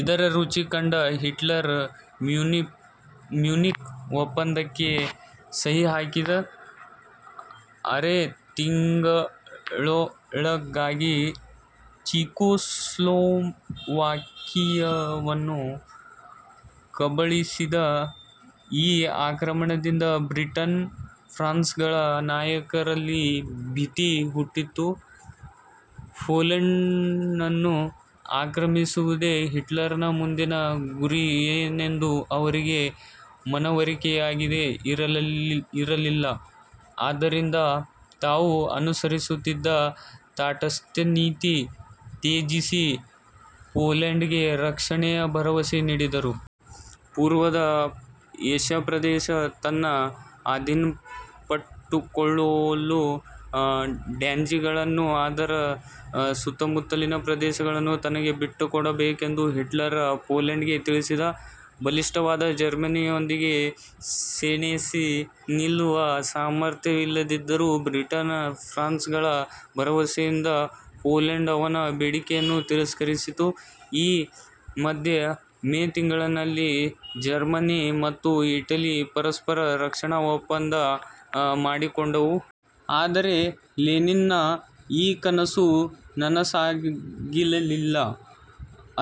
ಇದರ ರುಚಿ ಕಂಡ ಹಿಟ್ಲರ್ ಮ್ಯೂನಿಕ್ ಒಪ್ಪಂದಕ್ಕೆ ಸಹಿಹಾಕಿದ ಆರೇ ತಿಂಗಳೊಳಗಾಗಿ ಚೆಕೊಸ್ಲೊವಾಕಿಯವನ್ನು ಕಬಳಿಸಿದ. ಈ ಆಕ್ರಮಣದಿಂದ ಬ್ರಿಟನ್, ಫ್ರಾನ್ಸ್ಗಳ ನಾಯಕರಲ್ಲಿ ಭೀತಿ ಹುಟ್ಟಿತು. ಪೋಲೆಂಡನ್ನು ಆಕ್ರಮಿಸುವುದೇ ಹಿಟ್ಲರನ ಮುಂದಿನ ಗುರಿಯೆಂದು ಅವರಿಗೆ ಮನವರಿಕೆಯಾಗದೆ ಇರಲಿಲ್ಲ. ಆದ್ದರಿಂದ ತಾವು ಅನುಸರಿಸುತ್ತಿದ್ದ ತಾಟಸ್ಥ್ಯನೀತಿ ತ್ಯಜಿಸಿ, ಪೋಲೆಂಡಿಗೆ ರಕ್ಷಣೆಯ ಭರವಸೆ ನೀಡಿದರು. ಪೂರ್ವದ ಪ್ರಷ್ಯ ಪ್ರದೇಶವನ್ನು ತನ್ನ ಅಧೀನದಲ್ಲಿಟ್ಟುಕೊಳ್ಳಲು ಡ್ಯಾನ್ಜಿಗಳನ್ನೂ ಅದರ ಸುತ್ತಮುತ್ತಲಿನ ಪ್ರದೇಶವನ್ನೂ ತನಗೆ ಬಿಟ್ಟುಕೊಡಬೇಕೆಂದು ಹಿಟ್ಲರ್ ಪೋಲೆಂಡಿಗೆ ತಿಳಿಸಿದ. ಬಲಿಷ್ಠವಾದ ಜರ್ಮನಿಯೊಂದಿಗೆ ಸೆಣೆಸಿ ನಿಲ್ಲಲು ಸಾಮರ್ಥ್ಯವಿಲ್ಲದಿದ್ದರೂ ಬ್ರಿಟನ್ ಫ್ರಾನ್ಸ್ಗಳ ಭರವಸೆಯಿಂದ ಪೋಲೆಂಡ್ ಅವನ ಬೇಡಿಕೆಯನ್ನು ತಿರಸ್ಕರಿಸಿತು. ಈ ಮಧ್ಯೆ ಮೇ ತಿಂಗಳಿನಲ್ಲಿ ಜರ್ಮನಿ ಮತ್ತು ಇಟಲಿ ಪರಸ್ಪರ ರಕ್ಷಣಾ ಒಪ್ಪಂದ ಮಾಡಿಕೊಂಡವು. ಆದರೆ ಲೆನಿನ್ನ ಈ ಕನಸು ನನಸಾಗಲಿಲ್ಲ.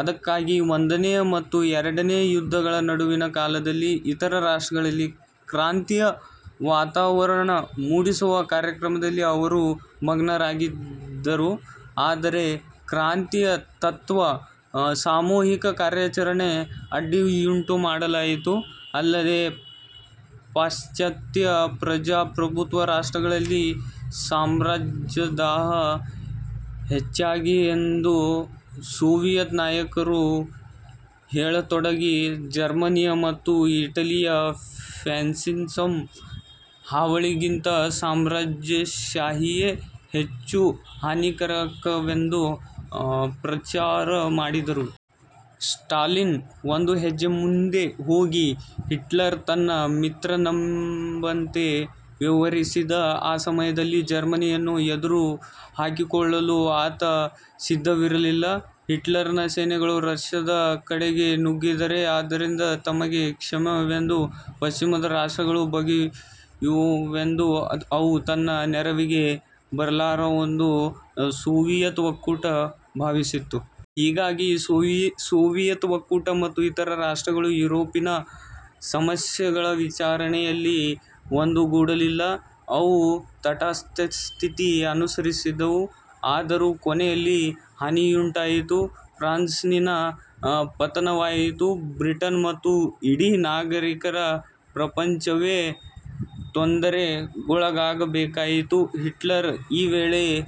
ಅದಕ್ಕಾಗಿ ಒಂದನೆಯ ಮತ್ತು ಎರಡನೆಯ ಯುದ್ಧಗಳ ನಡುವಿನ ಕಾಲದಲ್ಲಿ ಇತರ ರಾಷ್ಟ್ರಗಳಲ್ಲಿ ಕ್ರಾಂತಿಯ ವಾತಾವರಣ ಮೂಡಿಸುವ ಕಾರ್ಯದಲ್ಲಿ ಅವರು ಮಗ್ನರಾಗಿದ್ದರು. ಆದರೆ ಕ್ರಾಂತಿಯ ತತ್ತ್ವ ಸಾಮೂಹಿಕ ಕಾರ್ಯಾಚರಣೆಗೆ ಅಡ್ಡಿಯುಂಟುಮಾಡಿತು. ಅಲ್ಲದೆ ಪಾಶ್ಚಾತ್ಯ ಪ್ರಜಾಪ್ರಭುತ್ವದ ರಾಷ್ಟ್ರಗಳಲ್ಲಿ ಸಾಮ್ರಾಜ್ಯದಾಹ ಹೆಚ್ಚಾಗಿದೆಯೆಂದು ಸೋವಿಯತ್ ನಾಯಕರು ಹೇಳತೊಡಗಿ, ಜರ್ಮನಿಯ ಮತ್ತು ಇಟಲಿಯ ಫ್ಯಾಸಿಸಂ ಹಾವಳಿಗಿಂತ ಸಾಮ್ರಾಜ್ಯಷಾಹಿಯೇ ಹೆಚ್ಚು ಹಾನಿಕರವೆಂದು ಪ್ರಚಾರ ಮಾಡಿದರು. ಸ್ಟಾಲಿನ್ ಒಂದು ಹೆಜ್ಜೆ ಮುಂದೆ ಹೋಗಿ, ಹಿಟ್ಲರ್ ತನ್ನ ಮಿತ್ರನೆಂಬಂತೆ ವ್ಯವಹರಿಸಿದ. ಆ ಸಮಯದಲ್ಲಿ ಜರ್ಮನಿಯನ್ನು ಎದುರು ಹಾಕಿಕೊಳ್ಳಲು ಆತ ಸಿದ್ಧವಿರಲಿಲ್ಲ. ಹಿಟ್ಲರನ ಸೇನೆಗಳು ರಷ್ಯ ದ ಕಡೆಗೆ ನುಗ್ಗಿದರೆ ಅದರಿಂದ ತಮಗೆ ಕ್ಷೇಮವೆಂದು ಪಶ್ಚಿಮದ ರಾಷ್ಟ್ರಗಳು ಬಗೆಯುವುವೆಂದೂ ಅವು ತನ್ನ ನೆರವಿಗೆ ಬರಲಾರವೆಂದೂ ಸೋವಿಯತ್ ಒಕ್ಕೂಟ ಭಾವಿಸಿತ್ತು. ಹೀಗಾಗಿ ಸೋವಿಯತ್ ಒಕ್ಕೂಟ ಮತ್ತು ಇತರ ರಾಷ್ಟ್ರಗಳು ಯುರೋಪಿನ ಸಮಸ್ಯೆಗಳ ನಿವಾರಣೆಯಲ್ಲಿ ಒಂದುಗೂಡಲಿಲ್ಲ. ಅವು ತಾಟಸ್ಥ್ಯನೀತಿ ಅನುಸರಿಸಿದವು. ಆದರೂ ಕೊನೆಯಲ್ಲಿ ಹಾನಿಯುಂಟಾಯಿತು. ಫ್ರಾನ್ಸಿನ ಪತನವಾಯಿತು. ಬ್ರಿಟನ್ ಮತ್ತು ಇಡೀ ನಾಗರಿಕ ಪ್ರಪಂಚವೇ ತೊಂದರೆಗೊಳಗಾಗಬೇಕಾಯಿತು. ಹಿಟ್ಲರ್ ಈ ವೇಳೆಗೆ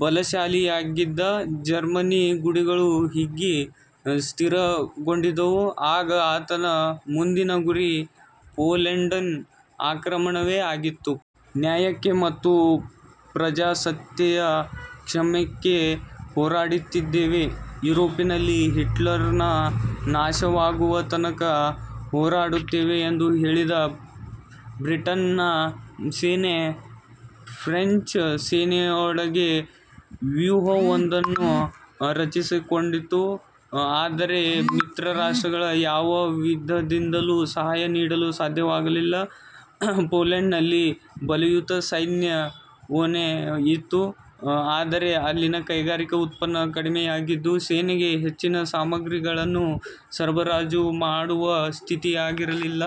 ಬಲಶಾಲಿಯಾಗಿದ್ದ. ಜರ್ಮನಿಯ ಗಡಿಗಳು ಹಿಗ್ಗಿ ಸ್ಥಿರಗೊಂಡಿದ್ದುವು. ಆಗ ಆತನ ಮುಂದಿನ ಗುರಿ ಪೋಲೆಂಡಿನ ಆಕ್ರಮಣವೇ ಆಗಿತ್ತು. ನ್ಯಾಯಕ್ಕೆ ಮತ್ತು ಪ್ರಜಾಸತ್ತೆಯ ಕ್ಷೇಮಕ್ಕೆ ಹೋರಾಡುತ್ತಿದ್ದೇವೆ. ಯುರೋಪಿನಲ್ಲಿ ಹಿಟ್ಲರಿಸಂ ನಾಶವಾಗುವ ತನಕ ಹೋರಾಡುತ್ತೇವೆ ಎಂದು ಹೇಳಿದ. ಬ್ರಿಟನ್ನ ಸೇನೆ ಫ್ರೆಂಚ್ ಸೇನೆಯೊಡಗೂಡಿ ವ್ಯೂಹವೊಂದನ್ನು ರಚಿಸಿಕೊಂಡಿತು. ಆದರೆ ಪೋಲೆಂಡಿನೊಂದಿಗೆ ಭೂಸಂಪರ್ಕವಿಲ್ಲದಿದ್ದುದರಿಂದ ಅದಕ್ಕೆ ಮಿತ್ರರಾಷ್ಟ್ರಗಳು ಯಾವ ವಿಧದಿಂದಲೂ ಸಹಾಯ ನೀಡಲು ಸಾಧ್ಯವಾಗಲಿಲ್ಲ. ಪೋಲೆಂಡಿನಲ್ಲಿ ಬಲಯುತ ಸೈನ್ಯವೇನೋ ಇತ್ತು. ಆದರೆ ಅಲ್ಲಿನ ಕೈಗಾರಿಕಾ ಉತ್ಪನ್ನ ಕಡಿಮೆಯಾಗಿದ್ದು ಸೇನೆಗೆ ಹೆಚ್ಚಿನ ಸಾಮಗ್ರಿಗಳನ್ನು ಸರಬರಾಜು ಮಾಡುವ ಸ್ಥಿತಿಯಲ್ಲಿರಲಿಲ್ಲ.